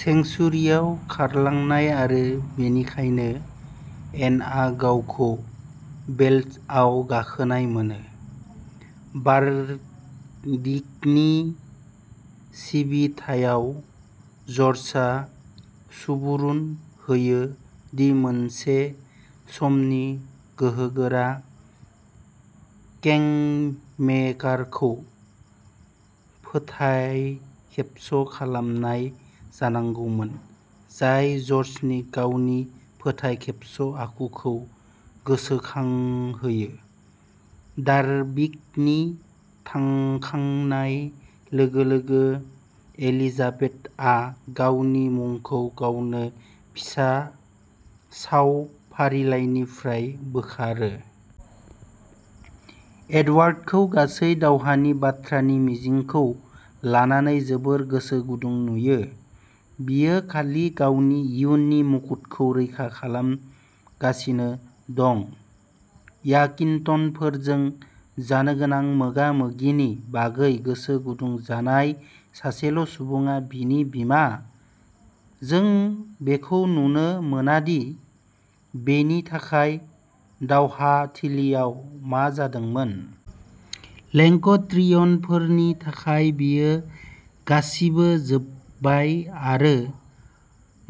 सेंक्सुयेरियाव खारलांनाय आरो बेनिखायनो एनआ गावखौ बेल्सआव गाखोनाय मोनो। बारबिकनि सिबिथायाव, जर्जआ सुबुरुन होयो दि मोनसे समनि गोहोगोरा केंमेकारखौ फोथायखेबस' खालामनाय जानांगौमोन, जाय जर्जनि गावनि फोथायखेबस' आखुखौ गोसोखांहोयो। वारविकनि थांखांनाय लोगो-लोगो एलिजाबेथआ गावनो मुंखौ गावनि फिसा साव फारिलाइनिफ्राय बोखारो। एडवार्डखौ गासै दावहानि बाथ्रानि मिजिंखौ लानानै जोबोद गोसो गुदुं नुयो; बियो खालि गावनि इयुननि मुकुटखौ रैखा खालामगासिनो दं। यार्किंटनफोरजों जानो गोनां मोगा-मोगिनि बागै गोसो गुदुं जानाय सासेल' सुबुङा बिनि बिमा। जों बेखौ नुनो मोना दि बेनि थाखाय दावहाथिलियाव मा जादोंमोन। लेंक'स्ट्रियनफोरनि थाखाय बेयो गासिबो जोबबाय आरो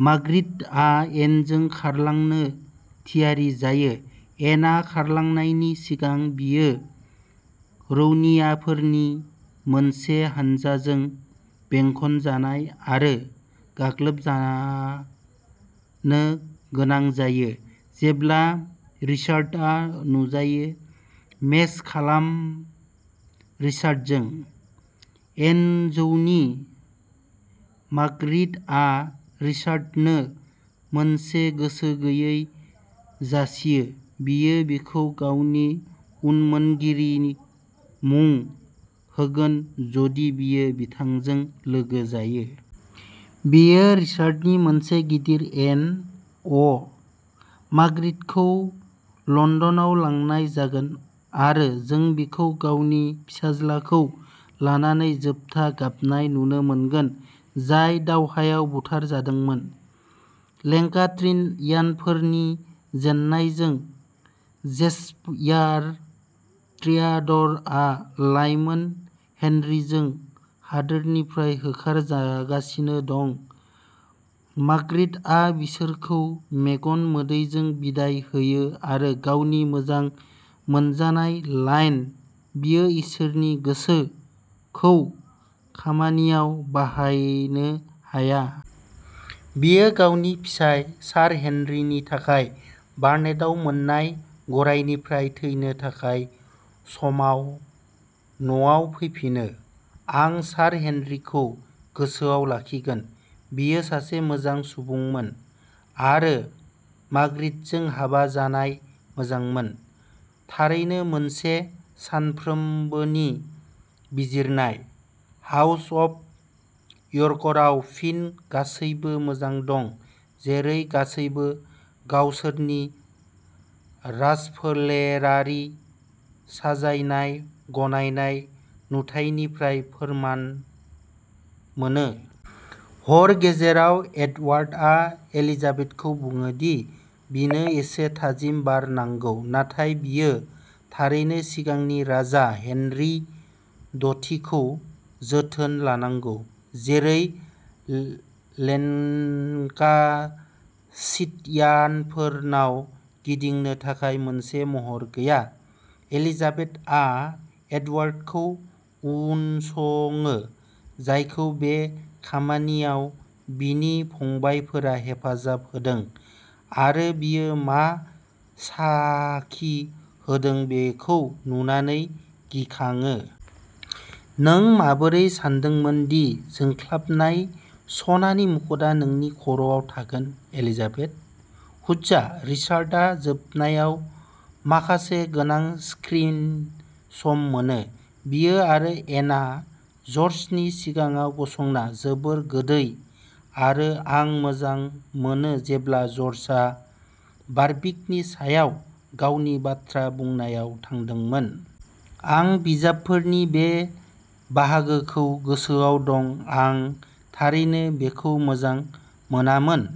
माग्रिटआ एनजों खारलांनो थियारि जायो। एनआ खारलांनायनि सिगां, बियो रौनियाफोरनि मोनसे हानजाजों बेंखनजानाय आरो गाग्लोबजा नो गोनां जायो। जेब्ला रिचार्डआ नुजायो मेस खालाम रिचार्डजों। एनजौनि माग्रिटआ रिचार्डनो मोनसे गोसो गैयै जासियो, बियो बिखौ गावनि उनमोनगिरि मुं होगोन जदि बियो बिथांजों लोगो जायो। बेयो रिचार्डनि मोनसे गिदिर एन अ'। माग्रिटखौ लन्दनाव लांनाय जागोन आरो जों बिखौ गावनि फिसाज्लाखौ लानानै जोबथा गाबनाय नुनो मोनगोन, जाय दावहायाव बुथारजादोंमोन। लेन्काट्रियानफोरनि जेननायजों, जेस्यार ट्रियाडरआ लाइमोन हेनरीजों हादोरनिफ्राय होखारजागासिनो दं। माग्रिट आ बिसोरखौ मेगन मोदैजों बिदाय होयो आरो गावनि मोजां मोनजानाय लाइन, "बेयो इसोरनि गोसो" खौ खामानियाव बाहायनो हाया। बियो गावनि फिसाय, सार हेनरीनि थाखाय बार्नेटआव मोन्नाय गरायनिफ्राय थैनो थाखाय समाव न'आव फैफिनो। आं सार हेनरीखौ गोसोआव लाखिगोन; बियो सासे मोजां सुबुंमोन, आरो माग्रिटजों हाबा जानाय मोजांमोन। थारैनो मोनसे सानफ्रोमबोनि बिजिरनाय। हाउस अफ यर्करआव फिन गासैबो मोजां दं, जेरै गासैबो गावसोरनि राजफोलेरारि साजायनाय गनायनाय नुथाइनिफ्राय फोरमान मोनो। हर गेजेराव, एडवार्डआ एलिजाबेथखौ बुङो दि बिनो एसे थाजिम बार नांगौ, नाथाय बियो थारैनो सिगांनि राजा हेनरी दथिखौ जोथोन लानांगौ, जेरै ले-लेन्कास्टियानफोरनाव गिदिंनो थाखाय मोनसे महर गैया। एलिजाबेथआ एडवार्डखौ उनसङो, जायखौ बे खामानियाव बिनि फंबायफोरा हेफाजाब होदों, आरो बियो मा साखि होदों बेखौ नुनानै गिखाङो। नों माबोरै सानदोंमोन दि जोंख्लाबनाय, सनानि मुकुतआ नोंनि खर'आव थागोन, एलिजाबेथ? हुज्जा! रिचार्डआ जोबनायाव माखासे गोनां स्क्रिन सम मोनो! बियो आरो एनआ ज'र्जनि सिगाङाव गसंना जोबोद गोदै, आरो आं मोजां मोनो जेब्ला जर्जआ वारविकनि सायाव गावनि बाथ्रा बुंनायाव थांदोंमोन। आं बिजाबफोरनि बे बाहागोखौ गोसोआव दं आं थारैनो बेखौ मोजां मोनामोन।